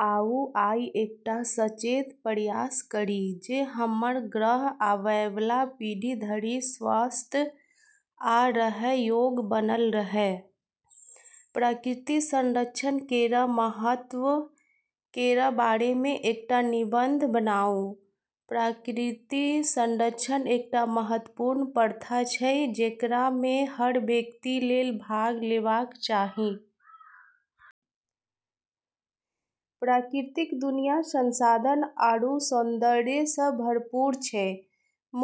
आउ आइ एकटा सचेत प्रयास करी जे हमर ग्रह आबैबला पीढ़ी धरि स्वस्थ आ रहै योग्य बनल रहै। प्रकृति संरक्षण केर महत्व केर बारेमे एकटा निबंध बनाउ। प्रकृति संरक्षण एकटा महत्वपूर्ण प्रथा छै, जेकरामे हर व्यक्ति लेल भाग लेबाक चाही। प्राकृतिक दुनिया संसाधन आरू सौंदर्यसँ भरपूर छै,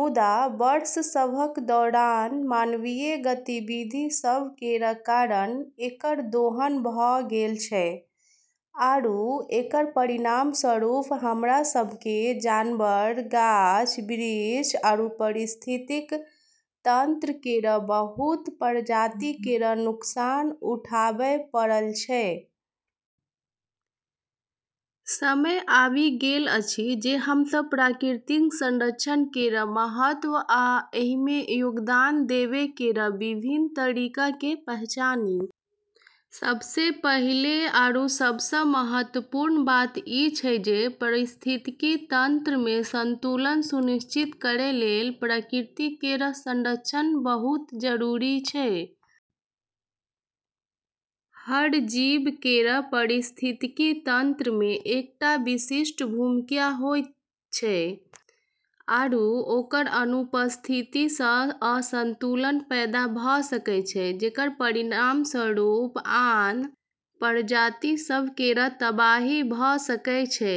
मुदा वर्ष सभक दौरान मानवीय गतिविधि सभ केर कारण एकर दोहन भऽ गेल छै, आरू एकर परिणामस्वरूप, हमरा सभकेँ जनावर, गाछ-बिरछ आरू पारिस्थितिकी तंत्र केर बहुत प्रजाति केर नुकसान उठाबै पड़ल छै। समय आबि गेल अछि जे हम सब प्रकृति संरक्षण केर महत्व आ एहिमे योगदान देबै केर विभिन्न तरीकाकेँ पहचानी। सबसँ पहिले आरू सबसँ महत्वपूर्ण बात ई छै जे पारिस्थितिकी तंत्रमे संतुलन सुनिश्चित करै लेल प्रकृति केर संरक्षण बहुत जरूरी छै। हर जीव केर पारिस्थितिकी तंत्रमे एकटा विशिष्ट भूमिका होइत छै, आरू ओकर अनुपस्थितिसँ असंतुलन पैदा भऽ सकैत छै जेकर परिणामस्वरूप आन प्रजाति सभ केर तबाही भऽ सकैत छै।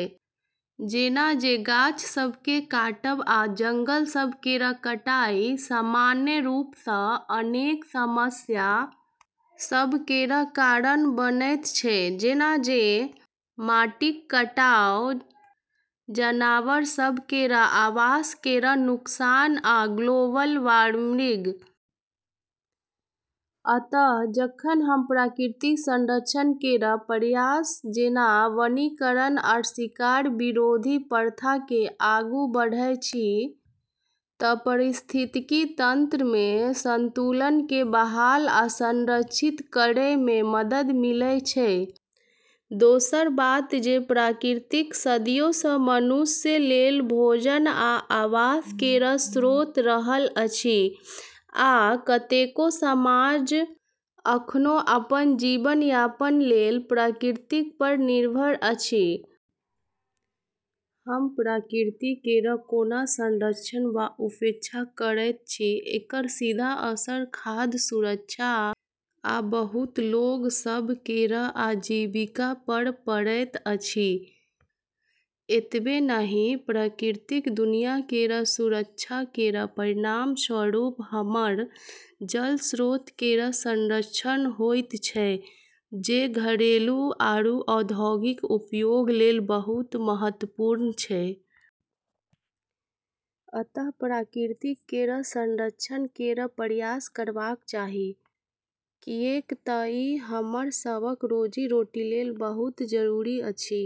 जेना जे गाछ सभकेँ काटब आ जंगल सभ केर कटाई, सामान्य रूपसँ, अनेक समस्या सभ केर कारण बनैत छै जेना जे माटिक कटाव, जनावर सभ केर आवास केर नुकसान आ ग्लोबल वार्मिंग। अतः जखन हम प्रकृति संरक्षण केर प्रयास जेना वनीकरण आ शिकार विरोधी प्रथाकेँ आगू बढ़ैत छी तऽ पारिस्थितिकी तंत्रमे संतुलनकेँ बहाल आ संरक्षित करैमे मदद मिलैत छै। दोसर बात जे प्रकृति सदियोसँ मनुष्य लेल भोजन आ आवास केर स्रोत रहल अछि, आ कतेको समाज अखनो अपन जीवन यापन लेल प्रकृतिपर निर्भर अछि। हम प्रकृति केर कोना संरक्षण वा उपेक्षा करैत छी एकर सीधा असर खाद्य सुरक्षा आ बहुत लोक सभ केर आजीविकापर पड़ैत अछि। एतबे नहि, प्राकृतिक दुनिया केर सुरक्षा केर परिणामस्वरूप हमर जल स्रोत केर संरक्षण होइत छै, जे घरेलू आरू औद्योगिक उपयोग लेल बहुत महत्वपूर्ण छै। अतः प्रकृति केर संरक्षण केर प्रयास करबाक चाही किऐक तऽ ई हमर सबहक रोजी-रोटी लेल बहुत जरूरी अछि।